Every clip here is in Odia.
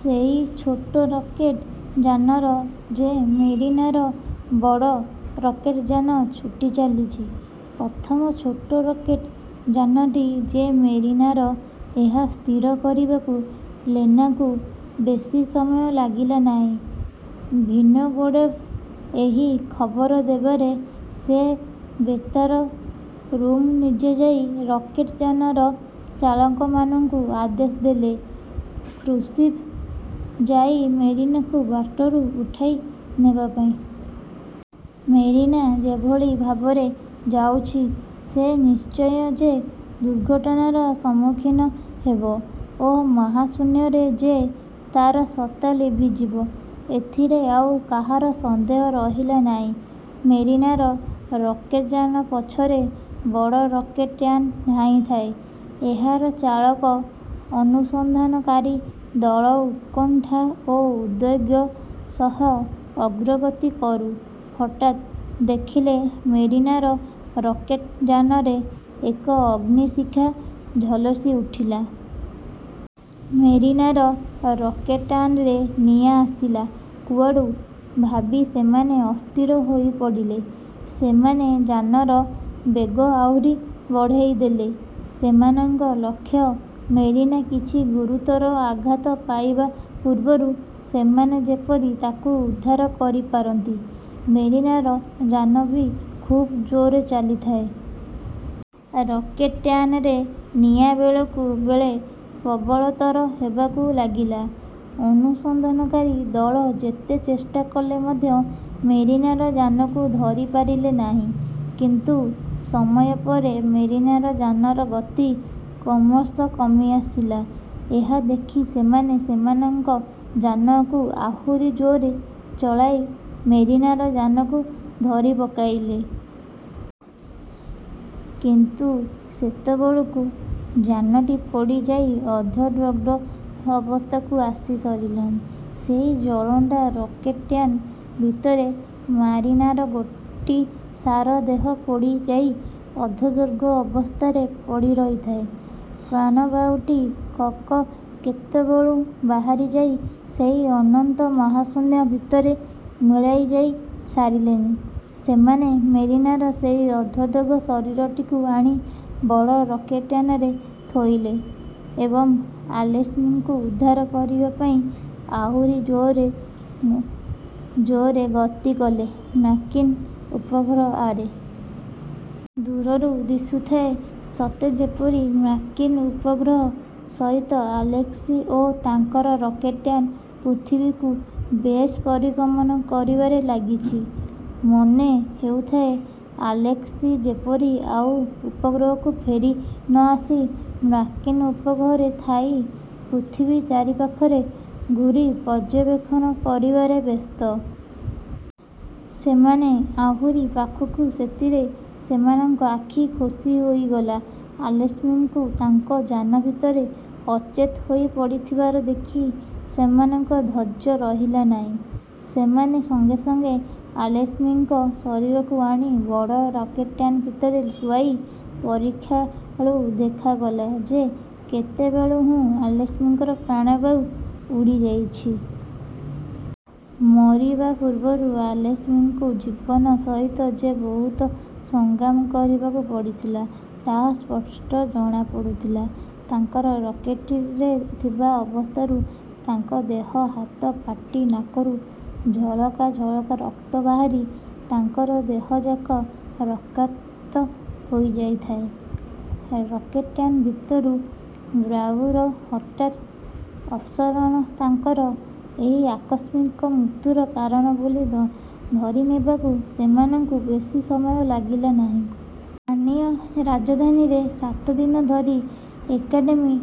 ସେଇ ଛୋଟ ରକେଟ୍ ଯାନର ଯେ ମେରିନାର ବଡ଼ ରକେଟ୍ ଯାନ ଛୁଟିଚାଲିଛି। ପ୍ରଥମ ଛୋଟ ରକେଟ୍ ଯାନଟି ଯେ ମେରିନାର, ଏହା ସ୍ଥିର କରିବାକୁ ଲେନାକୁ ବେଶି ସମୟ ଲାଗିଲା ନାହିଁ। ଭିନୋଗ୍ରେଡ଼ୋଭ୍ଙ୍କୁ ଏହି ଖବର ଦେବାରେ ସେ ବେତାର ରୁମ୍କୁ ନିଜେ ଯାଇ ରକେଟ୍ ଯାନର ଚାଳକମାନଙ୍କୁ ଆଦେଶ ଦେଲେ ଖୁବ୍ଶୀଘ୍ର ଯାଇ ମେରିନାକୁ ବାଟରୁ ଉଠାଇ ନେବାପାଇଁ। ମେରିନା ଯେଭଳି ଭାବରେ ଯାଉଛି, ସେ ନିଶ୍ଚୟ ଯେ ଦୁର୍ଘଟଣାର ସମ୍ମଖୀନ ହେବ ଓ ମହାଶୂନ୍ୟରେ ଯେ ତାର ସତ୍ତା ଲଭିଯିବ, ଏଥିରେ ଆଉ କାହାର ସନ୍ଦେହ ରହିଲା ନାହିଁ। ମେରିନାର ରକେଟଯାନ ପଛରେ ବଡ଼ ରକେଟ୍ଯାନ ଧାଇଁଥାଏ। ଏହାର ଚାଳକ ଅନୁସନ୍ଧାନକାରୀ ଦଳ ଉତ୍କଣ୍ଠା ଓ ଉଦ୍ବେଗ ସହ ଅଗ୍ରଗତି କରୁ ହଠାତ୍ ଦେଖିଲେ ମେରିନାର ରକେଟ୍ ଯାନରେ ଏକ ଅଗ୍ନିଶିଖା ଝଲସି ଉଠିଲା। ମେରିନାର ରକେଟ୍ଯାନରେ ନିଆଁ ଆସିଲା କୁଆଡ଼ୁ ଭାବି ସେମାନେ ଅସ୍ଥିର ହୋଇପଡ଼ିଲେ। ସେମାନେ ଯାନର ବେଗ ଆହୁରି ବଢ଼ାଇ ଦେଲେ। ସେମାନଙ୍କ ଲକ୍ଷ୍ୟ ମେରିନା କିଛି ଗୁରୁତର ଆଘାତ ପାଇବା ପୂର୍ବରୂ ସେମାନେ ଯେପରି ତାକୁ ଉଦ୍ଧାର କରିପାରନ୍ତି। ମେରିନାର ଯାନ ବି ଖୁବ୍ ଜୋର୍ରେ ଚାଲିଥାଏ। ରକେଟ୍ଯାନରେ ନିଆଁ ବେଳକୁ ବେଳ ପ୍ରବଳତର ହେବାକୁ ଲାଗିଲା। ଅନୁସନ୍ଧାନକାରୀ ଦଳ ଯେତେ ଚେଷ୍ଟା କଲେ ମଧ୍ୟ ମେରିନାର ଯାନକୁ ଧରି ପାରିଲେ ନାହିଁ। କିନ୍ତୁ ସମୟପରେ ମେରିନାର ଯାନର ଗତି କ୍ରମଶଃ କମିଆସିଲା। ଏହା ଦେଖି ସେମାନେ ସେମାନଙ୍କ ଯାନକୁ ଆହୁରି ଜୋର୍ରେ ଚଳାଇ ମେରିନାର ଯାନକୁ ଧରିପକାଇଲେ। କିନ୍ତୁ ସେତେବେଳକୁ ଯାନଟି ପୋଡ଼ି ଯାଇ ଅର୍ଦ୍ଧ-ଦଗ୍ଧ ଅବସ୍ଥାକୁ ଆସି ସରିଲାଣି। ସେହି ଜଳନ୍ତା ରକେଟ୍ଯାନ ଭିତରେ ମାରିନାର ଗୋଟି ସାରା ଦେହ ପୋଡ଼ି ଯାଇ ଅର୍ଦ୍ଧ-ଦଗ୍ଧ ଅବସ୍ଥାରେ ପଡ଼ିରହିଥାଏ। ପ୍ରାଣବାୟୁଟିକକ କେତେବେଳୁଁ ବାହାରିଯାଇ ସେହି ଅନନ୍ତ ମହାଶୂନ୍ୟ ଭିତରେ ମିଳାଇଯାଇ ସାରିଲେଣି। ସେମାନେ ମେରିନାର ସେହି ଅର୍ଦ୍ଧଦଗ୍ଧ ଶରୀରଟିକୁ ଆଣି ବଡ଼ ରକେଟ୍ଯାନରେ ଥୋଇଲେ ଏବଂ ଆଲେସ୍କିଙ୍କୁ ଉଦ୍ଧାର କରିବା ପାଇଁ ଆହୁରି ଜୋର୍ରେ ଗତିକଲେ ମାର୍କିନ୍ ଉପଗ୍ରହ ଆଡ଼େ। ଦୂରରୁ ଦିଶୁଥାଏ, ସତେ ଯେପରି ମାର୍କିନ୍ ଉପଗ୍ରହ ସହିତ ଆଲେସ୍କି ଓ ତାଙ୍କର ରକେଟ୍ଯାନ ପୃଥିବୀକୁ ବେଶ୍ ପରିକ୍ରମଣ କରିବାରେ ଲାଗିଛି। ମନେ ହେଉଥାଏ, ଆଲେସ୍କି ଯେପରି ଆଉ ଉପଗ୍ରହକୁ ଫେରି ନ ଆସି ମାର୍କିନ୍ ଉପଗ୍ରହରେ ଥାଇ ପୃଥିବୀ ଚାରିପାଖରେ ଘୂରି ପର୍ଯ୍ୟବେକ୍ଷଣ କରିବାରେ ବ୍ୟସ୍ତ। ସେମାନେ ଆହୁରି ପାଖକୁ ସେଥିରେ ସେମାନଙ୍କ ଆଖି ଖୋସି ହୋଇଗଲା ଆଲେସ୍କିଙ୍କୁ ତାଙ୍କ ଯାନ ଭିତରେ ଅଚେତ ହୋଇପଡ଼ିଥିବାର ଦେଖି ସେମାନଙ୍କ ଧୈର୍ଯ୍ୟ ରହିଲା ନାହିଁ। ସେମାନେ ସଙ୍ଗେ ସଙ୍ଗେ ଆଲେସ୍କିଙ୍କ ଶରୀରକୁ ଆଣି ବଡ଼ ରକେଟ୍ଯାନ ଭିତରେ ଶୁଆଇ ପରୀକ୍ଷାକଲାରୁ ଦେଖାଗଲା ଯେ କେତେବେଳୁଁ ଆଲେସ୍କିଙ୍କର ପ୍ରାଣବାୟୁ ଉଡ଼ିଯାଇଛି। ମରିବା ପୂର୍ବରୁ ଆଲେସ୍କିଙ୍କୁ ଜୀବନ ସହିତ ଯେ ବହୁତ ସଂଗ୍ରାମ କରିବାକୁ ପଡ଼ିଥିଲା, ତାହା ସ୍ପଷ୍ଟ ଜଣାପଡ଼ୁଥିଲା ତାଙ୍କର ରକେଟ୍ଭିତରେ ଥିବା ଅବସ୍ଥାରୁ। ତାଙ୍କ ଦେହ, ହାତ, ପାଟି, ନାକରୁ ଝଲକା ଝଲକା ରକ୍ତ ବାହାରି ତାଙ୍କର ଦେହଯାକ ରକ୍ତାକ୍ତ ହୋଇଯାଇଥାଏ। ରକେଟ୍ଯାନ ଭିତରୁ ବାୟୁର ହଠାତ୍ ଅପ୍ସାରଣ ତାଙ୍କର ଏହି ଆକସ୍ମିକ ମୃତ୍ୟୁର କାରଣ ବୋଲି ଧରିନେବାକୁ ସେମାନଙ୍କୁ ବେଶି ସମୟ ଲାଗିଲା ନାହିଁ। ପ୍ରାନ୍ତୀୟ ରାଜଧାନୀରେ ସାତଦିନ ଧରି ଏକାଡ଼େମୀ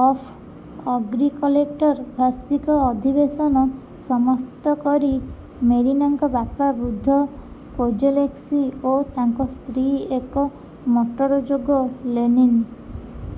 ଅଫ୍ ଏଗ୍ରିକଲ୍ଚରର ବାର୍ଷିକ ଅଧିବେଶନ ସମାପ୍ତ କରି ମେରିନାଙ୍କ ବାପା ବୃଦ୍ଧ କୋଜେଲେସ୍କି ଓ ତାଙ୍କ ସ୍ତ୍ରୀ ଏକ ମଟରଯୋଗେ ଲେନିନ୍